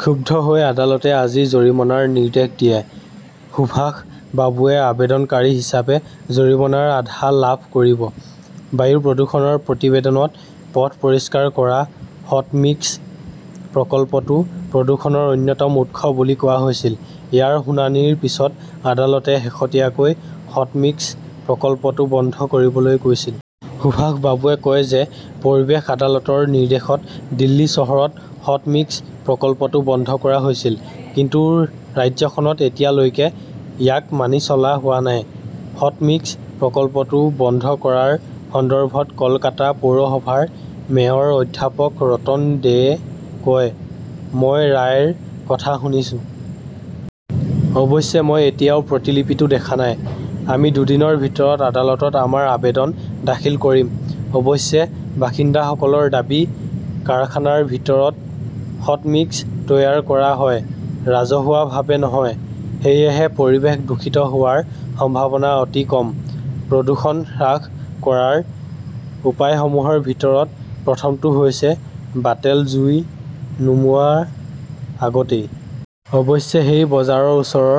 ক্ষুব্ধ হৈ আদালতে আজি জৰিমনাৰ নিৰ্দেশ দিয়ে। সুভাষ বাবুৱে আবেদনকাৰী হিচাপে জৰিমনাৰ আধা লাভ কৰিব। বায়ু প্ৰদূষণৰ প্ৰতিবেদনত পথ পৰিষ্কাৰ কৰা "হট মিক্স" প্ৰকল্পটো প্ৰদূষণৰ অন্যতম উৎস বুলি কোৱা হৈছিল। ইয়াৰ শুনানিৰ পিছত আদালতে শেহতীয়াকৈ "হট মিক্স" প্ৰকল্পটো বন্ধ কৰিবলৈ কৈছিল। সুভাষ বাবুৱে কয় যে, পৰিৱেশ আদালতৰ নিৰ্দেশত দিল্লী চহৰত "হট মিক্স" প্ৰকল্পটো বন্ধ কৰা হৈছিল। কিন্তু ৰাজ্যখনত এতিয়ালৈকে ইয়াক মানি চলা হোৱা নাই। "হট মিক্স" প্ৰকল্পটো বন্ধ কৰাৰ সন্দৰ্ভত কলকাতা পৌৰসভাৰ মেয়ৰ অধ্যাপক ৰতন দেয়ে কয়, "মই ৰায়ৰ কথা শুনিছোঁ। অৱশ্যে মই এতিয়াও প্ৰতিলিপিটো দেখা নাই। আমি দুদিনৰ ভিতৰত আদালতত আমাৰ আবেদন দাখিল কৰিম"। অৱশ্যে বাসিন্দাসকলৰ দাবী- কাৰখানাৰ ভিতৰত হটমিক্স তৈয়াৰ কৰা হয়, ৰাজহুৱাভাৱে নহয়। সেয়েহে পৰিৱেশ দূষিত হোৱাৰ সম্ভাৱনা অতি কম। প্ৰদূষণ হ্ৰাস কৰাৰ উপায়সমূহৰ ভিতৰত প্ৰথমটো হৈছে বাতেল জুই নুমুৱাৰ আগতেই। অৱশ্যে, সেই বজাৰৰ ওচৰৰ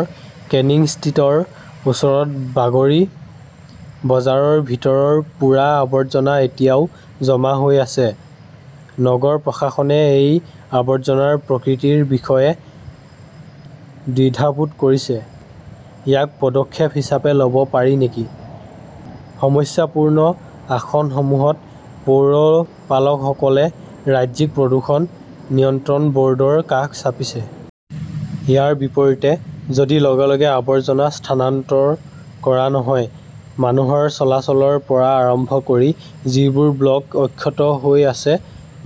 কেনিং ষ্ট্ৰীটৰ ওপৰত বাগড়ী বজাৰৰ ভিতৰৰ পোৰা আৱৰ্জনা এতিয়াও জমা হৈ আছে। নগৰ প্ৰশাসনে সেই আৱৰ্জনাৰ প্ৰকৃতিৰ বিষয়ে দ্বিধাবোধ কৰিছে। ইয়াক পদক্ষেপ হিচাপে লব পাৰি নেকি? সমস্যাপূৰ্ণ আসনসমূহত পৌৰপালকসকলে ৰাজ্যিক প্ৰদূষণ নিয়ন্ত্ৰণ বৰ্ডৰ কাষ চাপিছে। ইয়াৰ বিপৰীতে, যদি লগে লগে আৱৰ্জনা স্থানান্তৰ কৰা নহয়, মানুহৰ চলাচলৰ পৰা আৰম্ভ কৰি যিবোৰ ব্লক অক্ষত হৈ আছে,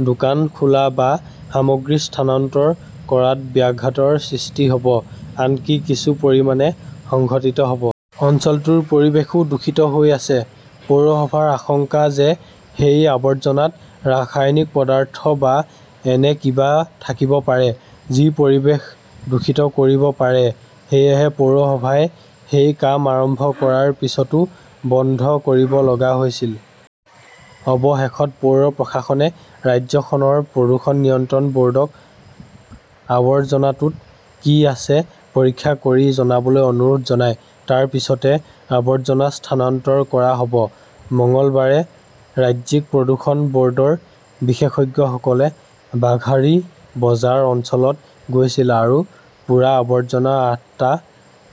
দোকান খোলা বা সামগ্ৰী স্থানান্তৰ কৰাত ব্যাঘাতৰ সৃষ্টি হ 'ব, আনকি কিছু পৰিমাণে সংঘটিত হ' ব। অঞ্চলটোৰ পৰিৱেশো দূষিত হৈ আছে। পৌৰসভাৰ আশংকা যে সেই আৱৰ্জনাত ৰাসায়নিক পদাৰ্থ বা এনে কিবা থাকিব পাৰে, যি পৰিৱেশ দূষিত কৰিব পাৰে। সেয়েহে পৌৰসভাই সেই কাম আৰম্ভ কৰাৰ পিছতো বন্ধ কৰিব লগা হৈছিল। অৱশেষত পৌৰ প্ৰশাসনে ৰাজ্যখনৰ প্ৰদূষণ নিয়ন্ত্ৰণ বৰ্ডক আৱৰ্জনাটোত কি আছে পৰীক্ষা কৰি জনাবলৈ অনুৰোধ জনায়। তাৰ পিছতে আৱৰ্জনা স্থানান্তৰ কৰা হব। মঙলবাৰে ৰাজ্যিক প্ৰদূষণ বৰ্ডৰ বিশেষজ্ঞসকলে বাঘাৰী বজাৰ অঞ্চলত গৈছিল আৰু পোৰা আৱৰ্জনাৰ আঠটা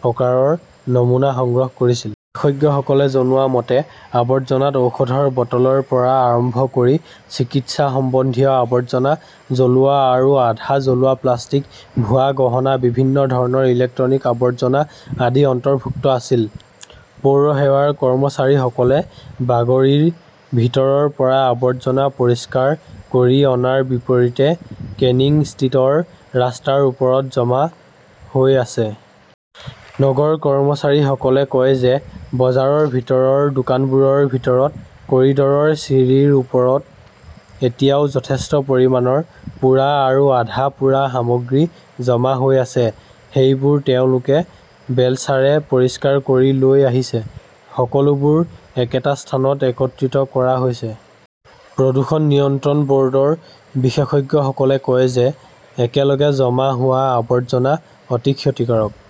প্ৰকাৰৰ নমুনা সংগ্ৰহ কৰিছিল। বিশেষজ্ঞসকলে জনোৱা মতে, আৱৰ্জনাত ঔষধৰ বটলৰ পৰা আৰম্ভ কৰি চিকিৎসা সম্বন্ধীয় আৱৰ্জনা, জ্বলোৱা আৰু আধা জ্বলোৱা প্লাষ্টিক, ভুৱা গহনা, বিভিন্ন ধৰণৰ ইলেক্ট্ৰনিক আৱৰ্জনা আদি অন্তৰ্ভুক্ত আছিল। পৌৰসেৱাৰ কৰ্মচাৰীসকলে বাগড়ীৰ ভিতৰৰ পৰা আৱৰ্জনা পৰিষ্কাৰ কৰি অনাৰ বিপৰীতে কেনিং ষ্ট্ৰীটৰ ৰাস্তাৰ ওপৰত জমা হৈ আছে। নগৰ কৰ্মচাৰীসকলে কয় যে, বজাৰৰ ভিতৰৰ, দোকানবোৰৰ ভিতৰত, কৰিডৰৰ চিৰিৰ ওপৰত এতিয়াও যথেষ্ট পৰিমাণৰ পোৰা আৰু আধা-পোৰা সামগ্ৰী জমা হৈ আছে। সেইবোৰ তেওঁলোকে বেলচাৰে পৰিষ্কাৰ কৰি লৈ আহিছে। সকলোবোৰ একেটা স্থানত একত্ৰিত কৰা হৈছে। প্ৰদূষণ নিয়ন্ত্ৰণ বৰ্ডৰ বিশেষজ্ঞসকলে কয় যে, একেলগে জমা হোৱা আৱৰ্জনা অতি ক্ষতিকাৰক।